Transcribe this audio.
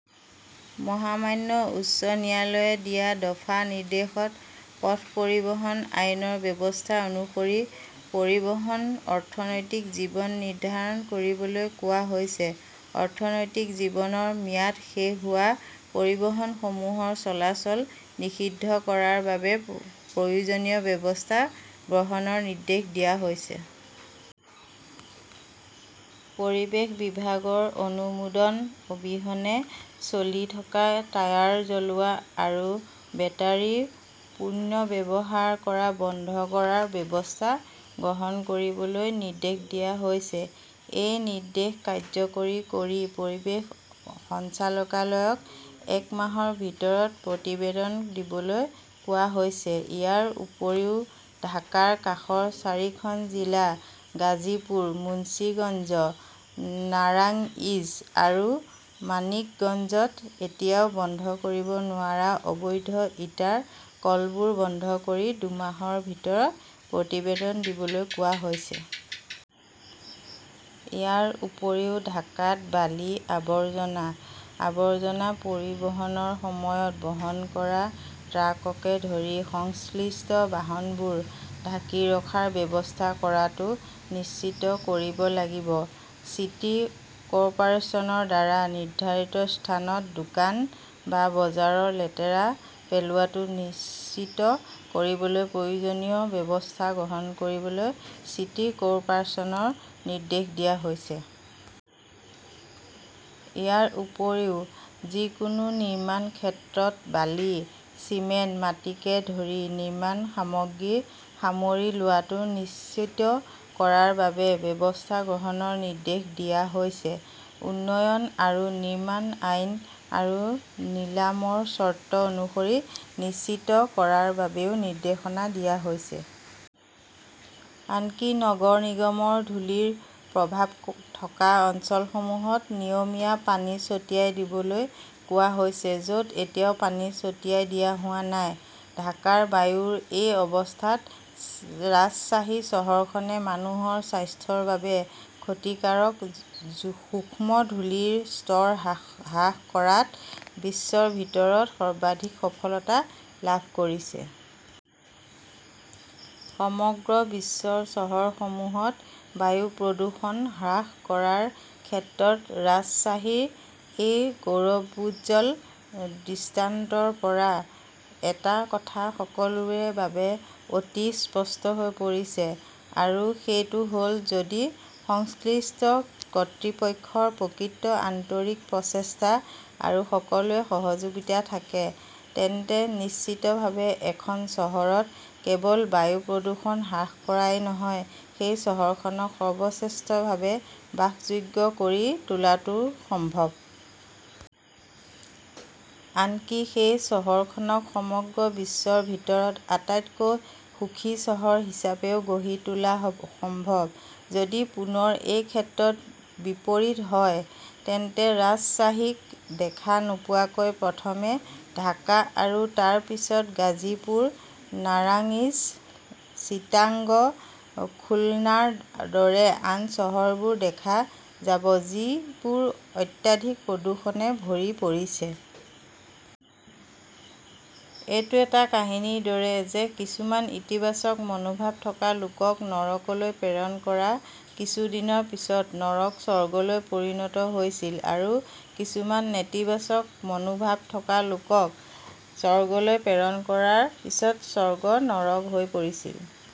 মহামান্য উচ্চ ন্যায়ালয়ে দিয়া দফা নিৰ্দেশত পথ পৰিবহণ আইনৰ ব্যৱস্থা অনুসৰি পৰিবহণৰ 'অৰ্থনৈতিক জীৱন "নিৰ্ধাৰণ কৰিবলৈ কোৱা হৈছে। অৰ্থনৈতিক জীৱনৰ ম্যাদ শেষ হোৱা পৰিবহণসমূহৰ চলাচল নিষিদ্ধ কৰাৰ বাবে প্ৰয়োজনীয় ব্যৱস্থা গ্ৰহণৰ নিৰ্দেশ দিয়া হৈছে। পৰিৱেশ বিভাগৰ অনুমোদন অবিহনে চলি থকা টায়াৰ জ্বলোৱা আৰু বেটাৰি পুনৰ্ব্যৱহাৰ বন্ধ কৰাৰ ব্যৱস্থা গ্ৰহণ কৰিবলৈ নিৰ্দেশ দিয়া হৈছে। এই নিৰ্দেশ কাৰ্যকৰী কৰি পৰিৱেশ সঞ্চালকালয়ক এক মাহৰ ভিতৰত প্ৰতিবেদন দিবলৈ কোৱা হৈছে। ইয়াৰ উপৰিও ঢাকাৰ কাষৰ চাৰিখন জিলা গাজীপুৰ, মুন্সিগঞ্জ, নাৰাংইজ আৰু মানিকগঞ্জত এতিয়াও বন্ধ কৰিব নোৱাৰা অবৈধ ইটাৰ কলবোৰ বন্ধ কৰি দুমাহৰ ভিতৰত প্ৰতিবেদন দিবলৈ কোৱা হৈছে। ইয়াৰ উপৰিও ঢাকাত বালি, আৱৰ্জনা, আৱৰ্জনা পৰিবহণৰ সময়ত বহন কৰা ট্ৰাককে ধৰি সংশ্লিষ্ট বাহনবোৰ ঢাকি ৰখাৰ ব্যৱস্থা কৰাটো নিশ্চিত কৰিব লাগিব। চিটি কৰ্পোৰেচনৰ দ্বাৰা নিৰ্ধাৰিত স্থানত দোকান বা বজাৰৰ লেতেৰা পেলোৱাটো নিশ্চিত কৰিবলৈ প্ৰয়োজনীয় ব্যৱস্থা গ্ৰহণ কৰিবলৈ চিটি কৰ্পোৰেচনক নিৰ্দেশ দিয়া হৈছে। ইয়াৰ উপৰিও যিকোনো নিৰ্মাণ ক্ষেত্ৰত বালি, চিমেণ্ট, মাটিকে ধৰি নিৰ্মাণ সামগ্ৰী সামৰি লোৱাটো নিশ্চিত কৰাৰ বাবে ব্যৱস্থা গ্ৰহণৰ নিৰ্দেশ দিয়া হৈছে। উন্নয়ন আৰু নিৰ্মাণ আইন আৰু নিলামৰ চৰ্ত অনুসৰি নিশ্চিত কৰাৰ বাবেও নিৰ্দেশ দিয়া হৈছে। আনকি নগৰ নিগমৰ ধূলিৰ প্ৰভাৱ থকা অঞ্চলসমূহত নিয়মীয়া পানী ছটিয়াই দিবলৈ কোৱা হৈছে য 'ত এতিয়াও পানী ছটিয়াই দিয়া হোৱা নাই। ঢাকাৰ বায়ুৰ এই অৱস্থাত, ৰাজশ্বাহী চহৰখনে মানুহৰ স্বাস্থ্যৰ বাবে ক্ষতিকাৰক সূক্ষ্ম ধূলিৰ স্তৰ হ্ৰাস কৰাত বিশ্বৰ ভিতৰত সৰ্বাধিক সফলতা লাভ কৰিছে। সমগ্ৰ বিশ্বৰ চহৰসমূহত বায়ু প্ৰদূষণ হ্ৰাস কৰাৰ ক্ষেত্ৰত ৰাজশ্বাহীৰ এই গৌৰৱোজ্জ্বল দৃষ্টান্তৰ পৰা এটা কথা সকলোৰে বাবে অতি স্পষ্ট হৈ পৰিছে। আৰু সেইটো হ 'ল, যদি সংশ্লিষ্ট কৰ্তৃপক্ষৰ প্ৰকৃত আন্তৰিক প্ৰচেষ্টা আৰু সকলোৰে সহযোগিতা থাকে, তেন্তে নিশ্চিতভাৱে এখন চহৰত কেৱল বায়ু প্ৰদূষণ হ্ৰাস কৰাই নহয়, সেই চহৰখনক সৰ্বশ্ৰেষ্ঠভাৱে বাসযোগ্য কৰি তোলাটোও সম্ভৱ। আনকি সেই চহৰখনক সমগ্ৰ বিশ্বৰ ভিতৰত আটাইতকৈ সুখী চহৰ হিচাপেও গঢ়ি তোলা সম্ভৱ। যদি পুনৰ এই ক্ষেত্ৰত বিপৰীত হয়, তেন্তে ৰাজশ্বাহীক দেখা নোপোৱাকৈ প্ৰথমে ঢাকা আৰু তাৰ পিছত গাজীপুৰ, নাৰাংইজ, চিটাগং, খুলনাৰ দৰে আন চহৰবোৰ দেখা যাব যিবোৰ অত্যাধিক প্ৰদূষণৰে ভৰি পৰিছে। এইটো এটা কাহিনীৰ দৰে যে কিছুমান ইতিবাচক মনোভাৱ থকা লোকক নৰকলৈ প্ৰেৰণ কৰাৰ কিছু দিনৰ পিছত নৰক স্বৰ্গলৈ পৰিণত হৈছিল আৰু কিছুমান নেতিবাচক মনোভাৱ থকা লোকক স্বৰ্গলৈ প্ৰেৰণ কৰাৰ পিছত স্বৰ্গ নৰক হৈ পৰিছিল।